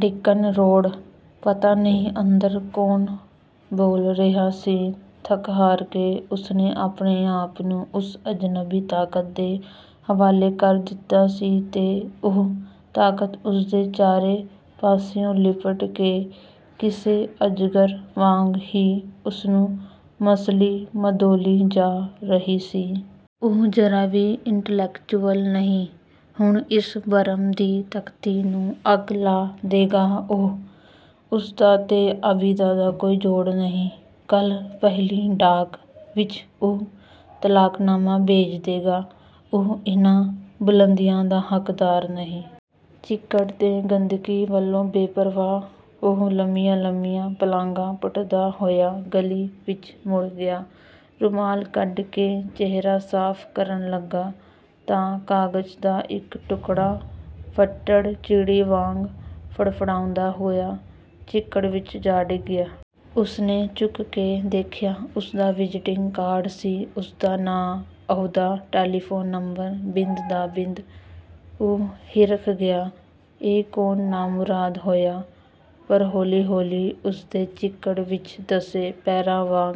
ਡਿੰਕਨ Road. ਪਤਾ ਨਹੀਂ ਅੰਦਰ ਕੌਣ ਬੋਲ ਰਿਹਾ ਸੀ! ਥੱਕ-ਹਾਰ ਕੇ ਉਸਨੇ ਆਪਣੇ ਆਪ ਨੂੰ ਉਸ ਅਜਨਬੀ ਤਾਕਤ ਦੇ ਹਵਾਲੇ ਕਰ ਦਿੱਤਾ ਸੀ ਤੇ ਉਹ ਤਾਕਤ ਉਸਦੇ ਚਾਰੇ ਪਾਸਿਓਂ ਲਿਪਟ ਕੇ ਕਿਸੇ ਅਜਗਰ ਵਾਂਗ ਹੀ ਉਸਨੂੰ ਮਸਲੀ-ਮਧੋਲੀ ਜਾ ਰਹੀ ਸੀ। ਉਹ ਜ਼ਰਾ ਵੀ 'ਇੰਟਲੈਕਚੁਅਲ' ਨਹੀਂ, ਹੁਣ ਇਸ ਭਰਮ ਦੀ ਤਖ਼ਤੀ ਨੂੰ ਅੱਗ ਲਾ ਦੇਗਾ ਉਹ। ਉਸਦਾ ਤੇ ਆਬਿਦਾ ਦਾ ਕੋਈ ਜੋੜ ਨਹੀਂ। ਕੱਲ੍ਹ ਪਹਿਲੀ ਡਾਕ ਵਿੱਚ ਉਹ ਤਲਾਕਨਾਮਾ ਭੇਜ ਦੇਗਾ। ਉਹ ਇਹਨਾਂ ਬੁਲੰਦੀਆਂ ਦਾ ਹੱਕਦਾਰ ਨਹੀਂ। ਚਿੱਕੜ ਤੇ ਗੰਦਗੀ ਵੱਲੋਂ ਬੇਪ੍ਰਵਾਹ ਉਹ ਲੰਮੀਆਂ-ਲੰਮੀਆਂ ਪਲਾਂਘਾਂ ਪੁੱਟਦਾ ਹੋਇਆ ਗਲੀ ਵਿੱਚ ਮੁੜ ਗਿਆ। ਰੁਮਾਲ ਕੱਢ ਕੇ ਚਿਹਰਾ ਸਾਫ਼ ਕਰਨ ਲੱਗਾ ਤਾਂ ਕਾਗਜ਼ ਦਾ ਇੱਕ ਟੁਕੜਾ ਫੱਟੜ-ਚਿੜੀ ਵਾਂਗ ਫੜਫੜਾਉਂਦਾ ਹੋਇਆ ਚਿੱਕੜ ਵਿੱਚ ਜਾ ਡਿੱਗਿਆ। ਉਸਨੇ ਚੁੱਕ ਕੇ ਦੇਖਿਆ, ਉਸਦਾ ਵਿਜ਼ਿਟਿੰਗ ਕਾਰਡ ਸੀ। ਉਸਦਾ ਨਾਂ, ਅਹੁਦਾ, ਟੈਲੀਫ਼ੋਨ ਨੰਬਰ, ਬਿੰਦ ਦਾ ਬਿੰਦ। ਉਹ ਹਿਰਖ ਗਿਆ, 'ਇਹ ਕੌਣ ਨਾਮੁਰਾਦ ਹੋਇਆ?' ਪਰ ਹੌਲੀ-ਹੌਲੀ ਉਸਦੇ ਚਿੱਕੜ ਵਿੱਚ ਧਸੇ ਪੈਰਾਂ ਵਾਂਗ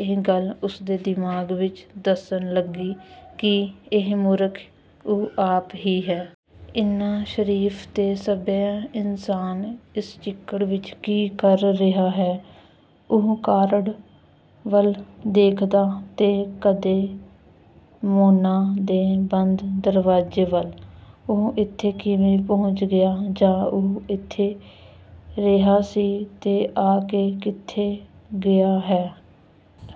ਇਹ ਗੱਲ ਉਸਦੇ ਦਿਮਾਗ਼ ਵਿੱਚ ਧਸਣ ਲੱਗੀ ਕਿ ਇਹ ਮੂਰਖ ਉਹ ਆਪ ਹੀ ਹੈ। ਇੰਨਾ ਸ਼ਰੀਫ਼ ਤੇ ਸੱਭਿਅ ਇਨਸਾਨ ਇਸ ਚਿੱਕੜ ਵਿੱਚ ਕੀ ਕਰ ਰਿਹਾ ਹੈ? ਉਹ ਕਾਰਡ ਵੱਲ ਦੇਖਦਾ ਤੇ ਕਦੇ ਮੋਨਾ ਦੇ ਬੰਦ ਦਰਵਾਜ਼ੇ ਵੱਲ। ਉਹ ਇੱਥੇ ਕਿਵੇਂ ਪਹੁੰਚ ਗਿਆ? ਜਾਂ ਉਹ ਕਿੱਥੇ ਰਿਹਾ ਸੀ, ਤੇ ਆ ਕੇ ਕਿੱਥੇ ਗਿਆ ਹੈ?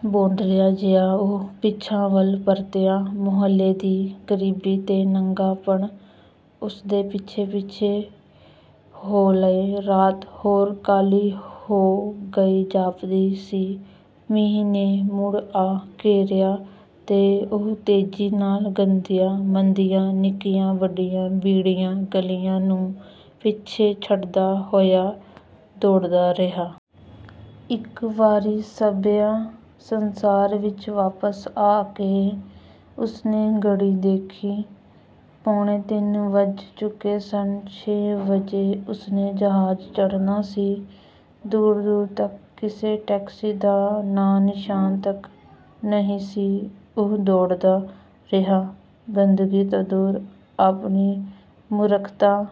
ਬੌਂਦਲਿਆ ਜਿਹਾ ਉਹ ਪਿਛਾਂਹ ਵੱਲ ਪਰਤਿਆ, ਮੁਹੱਲੇ ਦੀ ਗਰੀਬੀ ਤੇ ਨੰਗਾਪਣ ਉਸਦੇ ਪਿੱਛੇ-ਪਿੱਛੇ ਹੋ ਲਏ। ਰਾਤ, ਹੋਰ ਕਾਲੀ ਹੋ ਗਈ ਜਾਪਦੀ ਸੀ। ਮੀਂਹ ਨੇ ਮੁੜ ਆ ਘੇਰਿਆ ਤੇ ਉਹ ਤੇਜ਼ੀ ਨਾਲ ਗੰਦੀਆਂ-ਮੰਦੀਆਂ, ਨਿੱਕੀਆਂ-ਵੱਡੀਆਂ, ਭੀੜੀਆਂ ਗਲੀਆਂ ਨੂੰ ਪਿੱਛੇ ਛੱਡਦਾ ਹੋਇਆ ਦੌੜਦਾ ਰਿਹਾ। ਇੱਕ ਵਾਰੀ ਸੱਭਿਅ ਸੰਸਾਰ ਵਿੱਚ ਵਾਪਸ ਆ ਕੇ ਉਸਨੇ ਘੜੀ ਦੇਖੀ, ਪੌਣੇ ਤਿੰਨ ਵੱਜ ਚੁੱਕੇ ਸਨ, ਛੇ ਵਜੇ ਉਸਨੇ ਜਹਾਜ਼ ਚੜ੍ਹਨਾ ਸੀ। ਦੂਰ-ਦੂਰ ਤੱਕ ਕਿਸੇ ਟੈਕਸੀ ਦਾ ਨਾਂ-ਨਿਸ਼ਾਨ ਤੱਕ ਨਹੀਂ ਸੀ। ਉਹ ਦੌੜਦਾ ਰਿਹਾ, ਗੰਦਗੀ ਤੋਂ ਦੂਰ, ਆਪਣੀ ਮੂਰਖਤਾ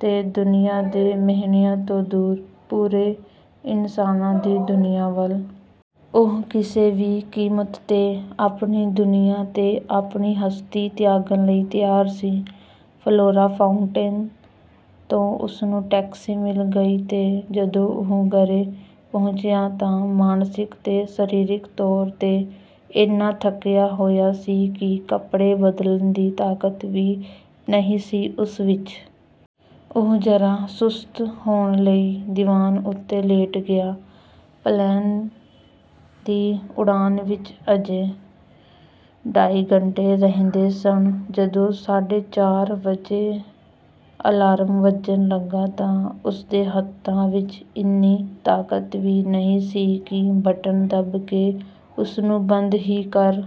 ਤੇ ਦੁਨੀਆਂ ਦੇ ਮਿਹਣਿਆਂ ਤੋਂ ਦੂਰ, ਪੂਰੇ ਇਨਸਾਨਾਂ ਦੀ ਦੁਨੀਆਂ ਵੱਲ। ਉਹ ਕਿਸੇ ਵੀ ਕੀਮਤ 'ਤੇ ਆਪਣੀ ਦੁਨੀਆਂ ਤੇ ਆਪਣੀ ਹਸਤੀ ਤਿਆਗਣ ਲਈ ਤਿਆਰ ਸੀ। ਫਲੋਰਾ ਫਾਊਂਟੈਨ ਤੋਂ ਉਸਨੂੰ ਟੈਕਸੀ ਮਿਲ ਗਈ ਤੇ ਜਦੋਂ ਉਹ ਘਰੇ ਪਹੁੰਚਿਆ ਤਾਂ ਮਾਨਸਿਕ ਤੇ ਸਰੀਰਕ ਤੌਰ 'ਤੇ ਇੰਨਾ ਥੱਕਿਆ ਹੋਇਆ ਸੀ ਕਿ ਕੱਪੜੇ ਬਦਲਣ ਦੀ ਤਾਕਤ ਵੀ ਨਹੀਂ ਸੀ ਉਸ ਵਿੱਚ। ਉਹ ਜ਼ਰਾ ਸੁਸਤ ਹੋਣ ਲਈ ਦੀਵਾਨ ਉੱਤੇ ਲੇਟ ਗਿਆ, ਪਲੇਨ ਦੀ ਉਡਾਨ ਵਿੱਚ ਅਜੇ ਢਾਈ ਘੰਟੇ ਰਹਿੰਦੇ ਸਨ। ਜਦੋਂ ਸਾਢੇ ਚਾਰ ਵਜੇ ਅਲਾਰਮ ਵੱਜਣ ਲੱਗਾ ਤਾਂ ਉਸਦੇ ਹੱਥਾਂ ਵਿੱਚ ਇੰਨੀ ਤਾਕਤ ਵੀ ਨਹੀਂ ਸੀ ਕਿ ਬਟਨ ਦੱਬ ਕੇ ਉਸਨੂੰ ਬੰਦ ਹੀ ਕਰ